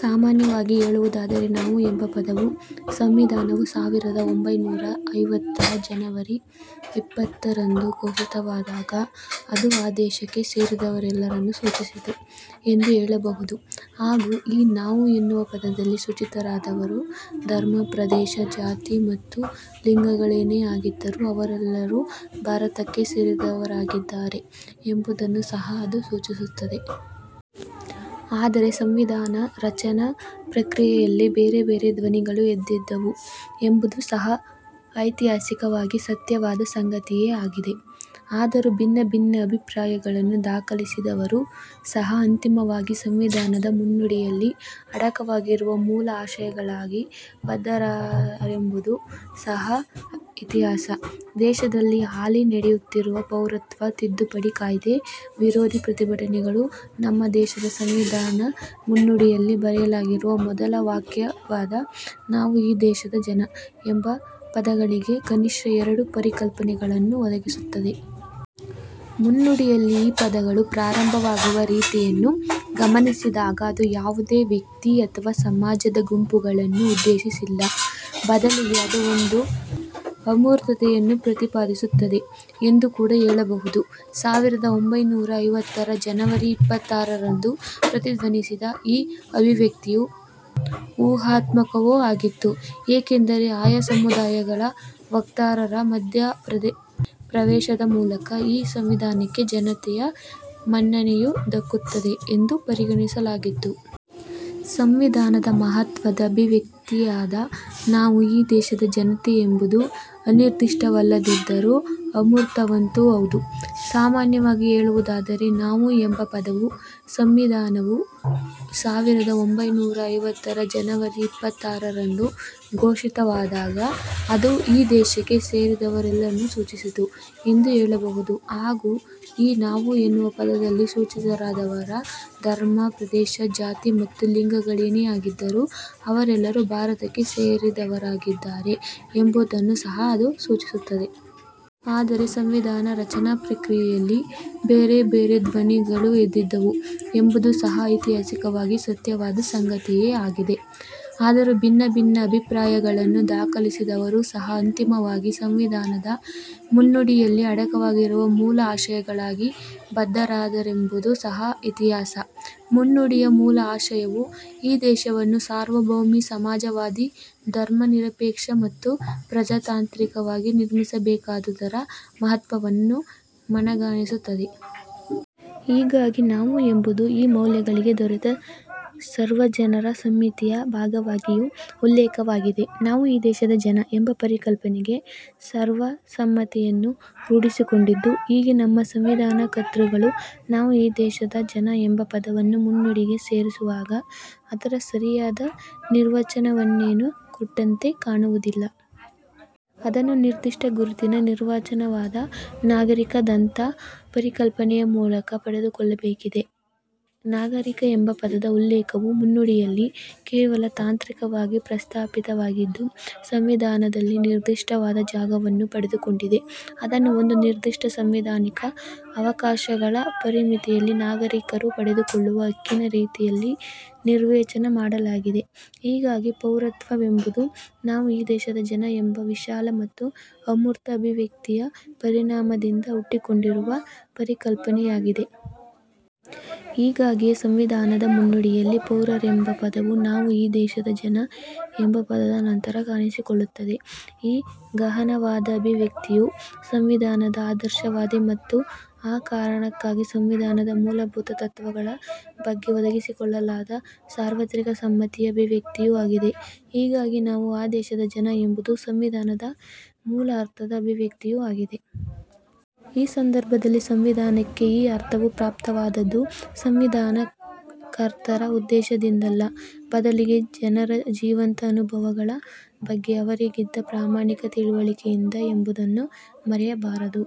ಸಾಮಾನ್ಯವಾಗಿ ಹೇಳುವುದಾದರೆ 'ನಾವು' ಎಂಬ ಪದವು ಸಂವಿಧಾನವು ಸಾವಿರದ ಒಂಭೈನೂರ ಐವತ್ತರ ಜನವರಿ ಇಪ್ಪತ್ತಾರರಂದು ಘೋಷಿತವಾದಾಗ ಅದು ಈ ದೇಶಕ್ಕೆ ಸೇರಿದವರೆಲ್ಲರನ್ನೂ ಸೂಚಿಸಿತು ಎಂದು ಹೇಳಬಹುದು ಹಾಗೂ ಈ 'ನಾವು' ಎನ್ನುವ ಪದದಲ್ಲಿ ಸೂಚಿತರಾದವರ ಧರ್ಮ, ಪ್ರದೇಶ, ಜಾತಿ ಮತ್ತು ಲಿಂಗಗಳೇನೇ ಆಗಿದ್ದರೂ ಅವರೆಲ್ಲರೂ ಭಾರತಕ್ಕೆ ಸೇರಿದವರಾಗಿದ್ದಾರೆ ಎಂಬುದನ್ನೂ ಸಹ ಅದು ಸೂಚಿಸುತ್ತದೆ. ಆದರೆ ಸಂವಿಧಾನ ರಚನಾ ಪ್ರಕ್ರಿಯೆಯಲ್ಲಿ ಬೇರೆಬೇರೆ ಧ್ವನಿಗಳೂ ಎದ್ದಿದ್ದವು ಎಂಬುದೂ ಸಹ ಐತಿಹಾಸಿಕವಾಗಿ ಸತ್ಯವಾದ ಸಂಗತಿಯೇ ಆಗಿದೆ. ಆದರೂ ಭಿನ್ನಭಿನ್ನ ಅಭಿಪ್ರಾಯಗಳನ್ನು ದಾಖಲಿಸಿದವರೂ ಸಹ ಅಂತಿಮವಾಗಿ ಸಂವಿಧಾನದ ಮುನ್ನುಡಿಯಲ್ಲಿ ಅಡಕವಾಗಿರುವ ಮೂಲ ಆಶಯಗಳಾಗಿ ಬದ್ಧರಾದರೆಂಬುದೂ ಸಹ ಇತಿಹಾಸ. ದೇಶದಲ್ಲಿ ಹಾಲಿ ನಡೆಯುತ್ತಿರುವ ಪೌರತ್ವ ತಿದ್ದುಪಡಿ ಕಾಯ್ದೆ ವಿರೋಧಿ ಪ್ರತಿಭಟನೆಗಳು ನಮ್ಮ ದೇಶದ ಸಂವಿಧಾನದ ಮುನ್ನುಡಿಯಲ್ಲಿ ಬರೆಯಲಾಗಿರುವ ಮೊದಲ ವಾಕ್ಯವಾದ 'ನಾವು ಈ ದೇಶದ ಜನ' ಎಂಬ ಪದಗಳಿಗೆ ಕನಿಷ್ಠ ಎರಡು ಪರಿಕಲ್ಪನೆಗಳನ್ನು ಒದಗಿಸುತ್ತವೆ. ಮುನ್ನುಡಿಯಲ್ಲಿ ಈ ಪದಗಳು ಪ್ರಾರಂಭವಾಗುವ ರೀತಿಯನ್ನು ಗಮನಿಸಿದಾಗ ಅದು ಯಾವುದೇ ವ್ಯಕ್ತಿ ಅಥವಾ ಸಮಾಜದ ಗುಂಪುಗಳನ್ನು ಉದ್ದೇಶಿಸಿಲ್ಲ. ಬದಲಿಗೆ ಅದು ಒಂದು ಅಮೂರ್ತತೆಯನ್ನು ಪ್ರತಿಪಾದಿಸುತ್ತದೆ ಎಂದು ಕೂಡ ಹೇಳಬಹುದು. ಸಾವಿರದ ಒಂಭೈನೂರ ಐವತ್ತರ ಜನವರಿ ಇಪ್ಪತ್ತಾರರಂದು ಪ್ರತಿಧ್ವನಿಸಿದ ಈ ಅಭಿವ್ಯಕ್ತಿಯು ಊಹಾತ್ಮಕವೂ ಆಗಿತ್ತು. ಏಕೆಂದರೆ ಆಯಾ ಸಮುದಾಯಗಳ ವಕ್ತಾರರ ಮಧ್ಯಪ್ರವೇಶದ ಮೂಲಕ ಈ ಸಂವಿಧಾನಕ್ಕೆ ಜನತೆಯ ಮನ್ನಣೆಯು ದಕ್ಕುತ್ತದೆ ಎಂದು ಪರಿಗಣಿಸಲಾಗಿತ್ತು. ಸಂವಿಧಾನದ ಮಹತ್ವದ ಅಭಿವ್ಯಕ್ತಿಯಾದ 'ನಾವು ಈ ದೇಶದ ಜನತೆ' ಎಂಬುದು ಅನಿರ್ದಿಷ್ಟವಲ್ಲದಿದ್ದರೂ ಅಮೂರ್ತವಂತೂ ಹೌದು. ಸಾಮಾನ್ಯವಾಗಿ ಹೇಳುವುದಾದರೆ 'ನಾವು' ಎಂಬ ಪದವು ಸಂವಿಧಾನವು ಸಾವಿರದ ಒಂಭೈನೂರ ಐವತ್ತರ ಜನವರಿ ಇಪ್ಪತ್ತಾರರಂದು ಘೋಷಿತವಾದಾಗ ಅದು ಈ ದೇಶಕ್ಕೆ ಸೇರಿದವರೆಲ್ಲರನ್ನೂ ಸೂಚಿಸಿತು ಎಂದು ಹೇಳಬಹುದು ಹಾಗೂ ಈ 'ನಾವು' ಎನ್ನುವ ಪದದಲ್ಲಿ ಸೂಚಿತರಾದವರ ಧರ್ಮ, ಪ್ರದೇಶ, ಜಾತಿ ಮತ್ತು ಲಿಂಗಗಳೇನೇ ಆಗಿದ್ದರೂ ಅವರೆಲ್ಲರೂ ಭಾರತಕ್ಕೆ ಸೇರಿದವರಾಗಿದ್ದಾರೆ ಎಂಬುದನ್ನೂ ಸಹ ಅದು ಸೂಚಿಸುತ್ತದೆ. ಆದರೆ ಸಂವಿಧಾನ ರಚನಾ ಪ್ರಕ್ರಿಯೆಯಲ್ಲಿ ಬೇರೆಬೇರೆ ಧ್ವನಿಗಳೂ ಎದ್ದಿದ್ದವು ಎಂಬುದೂ ಸಹ ಐತಿಹಾಸಿಕವಾಗಿ ಸತ್ಯವಾದ ಸಂಗತಿಯೇ ಆಗಿದೆ. ಆದರೂ ಭಿನ್ನಭಿನ್ನ ಅಭಿಪ್ರಾಯಗಳನ್ನು ದಾಖಲಿಸಿದವರೂ ಸಹ ಅಂತಿಮವಾಗಿ ಸಂವಿಧಾನದ ಮುನ್ನುಡಿಯಲ್ಲಿ ಅಡಕವಾಗಿರುವ ಮೂಲ ಆಶಯಗಳಾಗಿ ಬದ್ಧರಾದರೆಂಬುದೂ ಸಹ ಇತಿಹಾಸ. ಮುನ್ನುಡಿಯ ಮೂಲ ಆಶಯವು ಈ ದೇಶವನ್ನು ಸಾರ್ವಭೌಮಿ, ಸಮಾಜವಾದಿ, ಧರ್ಮ ನಿರಪೇಕ್ಷ ಮತ್ತು ಪ್ರಜಾತಾಂತ್ರಿಕವಾಗಿ ನಿರ್ಮಿಸಬೇಕಾದುದರ ಮಹತ್ವವನ್ನು ಮನಗಾಣಿಸುತ್ತದೆ. ಹೀಗಾಗಿ 'ನಾವು' ಎಂಬುದು ಈ ಮೌಲ್ಯಗಳಿಗೆ ದೊರೆತ ಸರ್ವಜನರ ಸಮ್ಮತಿಯ ಭಾಗವಾಗಿಯೂ ಉಲ್ಲೇಖವಾಗಿದೆ. 'ನಾವು ಈ ದೇಶದ ಜನ' ಎಂಬ ಪರಿಕಲ್ಪನೆಗೆ ಸರ್ವಸಮ್ಮತಿಯನ್ನು ರೂಢಿಸಿಕೊಂಡಿದ್ದು ಹೀಗೆ. ನಮ್ಮ ಸಂವಿಧಾನ ಕರ್ತೃಗಳು 'ನಾವು ಈ ದೇಶದ ಜನ' ಎಂಬ ಪದವನ್ನು ಮುನ್ನುಡಿಗೆ ಸೇರಿಸುವಾಗ ಅದರ ಸರಿಯಾದ ನಿರ್ವಚನವನ್ನೇನೂ ಕೊಟ್ಟಂತೆ ಕಾಣುವುದಿಲ್ಲ. ಅದನ್ನು ನಿರ್ದಿಷ್ಟ ಗುರುತಿನ ನಿರ್ವಚನವಾದ 'ನಾಗರಿಕ'ದಂಥ ಪರಿಕಲ್ಪನೆಯ ಮೂಲಕ ಪಡೆದುಕೊಳ್ಳಬೇಕಿದೆ. 'ನಾಗರಿಕ' ಎಂಬ ಪದದ ಉಲ್ಲೇಖವು ಮುನ್ನುಡಿಯಲ್ಲಿ ಕೇವಲ ತಾಂತ್ರಿಕವಾಗಿ ಪ್ರಸ್ತಾಪಿತವಾಗಿದ್ದು ಸಂವಿಧಾನದಲ್ಲಿ ನಿರ್ದಿಷ್ಟವಾದ ಜಾಗವನ್ನು ಪಡೆದುಕೊಂಡಿದೆ. ಅದನ್ನು ಒಂದು ನಿರ್ದಿಷ್ಟ ಸಾಂವಿಧಾನಿಕ ಅವಕಾಶಗಳ ಪರಿಮಿತಿಯಲ್ಲಿ ನಾಗರಿಕರು ಪಡೆದುಕೊಳ್ಳುವ ಹಕ್ಕಿನ ರೀತಿಯಲ್ಲಿ ನಿರ್ವಚನ ಮಾಡಲಾಗಿದೆ. ಹೀಗಾಗಿ ಪೌರತ್ವವೆಂಬುದು ''ನಾವು ಈ ದೇಶದ ಜನ'' ಎಂಬ ವಿಶಾಲ ಮತ್ತು ಅಮೂರ್ತ ಅಭಿವ್ಯಕ್ತಿಯ ಪರಿಣಾಮದಿಂದ ಹುಟ್ಟಿಕೊಂಡಿರುವ ಪರಿಕಲ್ಪನೆಯಾಗಿದೆ. ಹೀಗಾಗಿಯೇ ಸಂವಿಧಾನದ ಮುನ್ನುಡಿಯಲ್ಲಿ ಪೌರರೆಂಬ ಪದವು ''ನಾವು ಈ ದೇಶದ ಜನ'' ಎಂಬ ಪದದ ನಂತರ ಕಾಣಿಸಿಕೊಳ್ಳುತ್ತದೆ. ಈ ಗಹನವಾದ ಅಭಿವ್ಯಕ್ತಿಯು ಸಂವಿಧಾನದ ಆದರ್ಶವಾದಿ ಮತ್ತು ಆ ಕಾರಣಕ್ಕಾಗಿ ಸಂವಿಧಾನದ ಮೂಲಭೂತ ತತ್ವಗಳ ಬಗ್ಗೆ ಒದಗಿಸಿಕೊಳ್ಳಲಾದ ಸಾರ್ವತ್ರಿಕ ಸಮ್ಮತಿಯ ಅಭಿವ್ಯಕ್ತಿಯೂ ಆಗಿದೆ. ಹೀಗಾಗಿ ''ನಾವು ಈ ದೇಶದ ಜನ'' ಎಂಬುದು ಸಂವಿಧಾನದ ಮೂಲ ಅರ್ಥದ ಅಭಿವ್ಯಕ್ತಿಯೂ ಆಗಿದೆ. ಈ ಸಂದರ್ಭದಲ್ಲಿ ಸಂವಿಧಾನಕ್ಕೆ ಈ ಅರ್ಥವು ಪ್ರಾಪ್ತವಾದದ್ದು ಸಂವಿಧಾನ ಕರ್ತರ ಉದ್ದೇಶದಿಂದಲ್ಲ, ಬದಲಿಗೆ ಜನರ ಜೀವಂತ ಅನುಭವಗಳ ಬಗ್ಗೆ ಅವರಿಗಿದ್ದ ಪ್ರಾಮಾಣಿಕ ತಿಳಿವಳಿಕೆಯಿಂದ ಎಂಬುದನ್ನು ಮರೆಯಬಾರದು.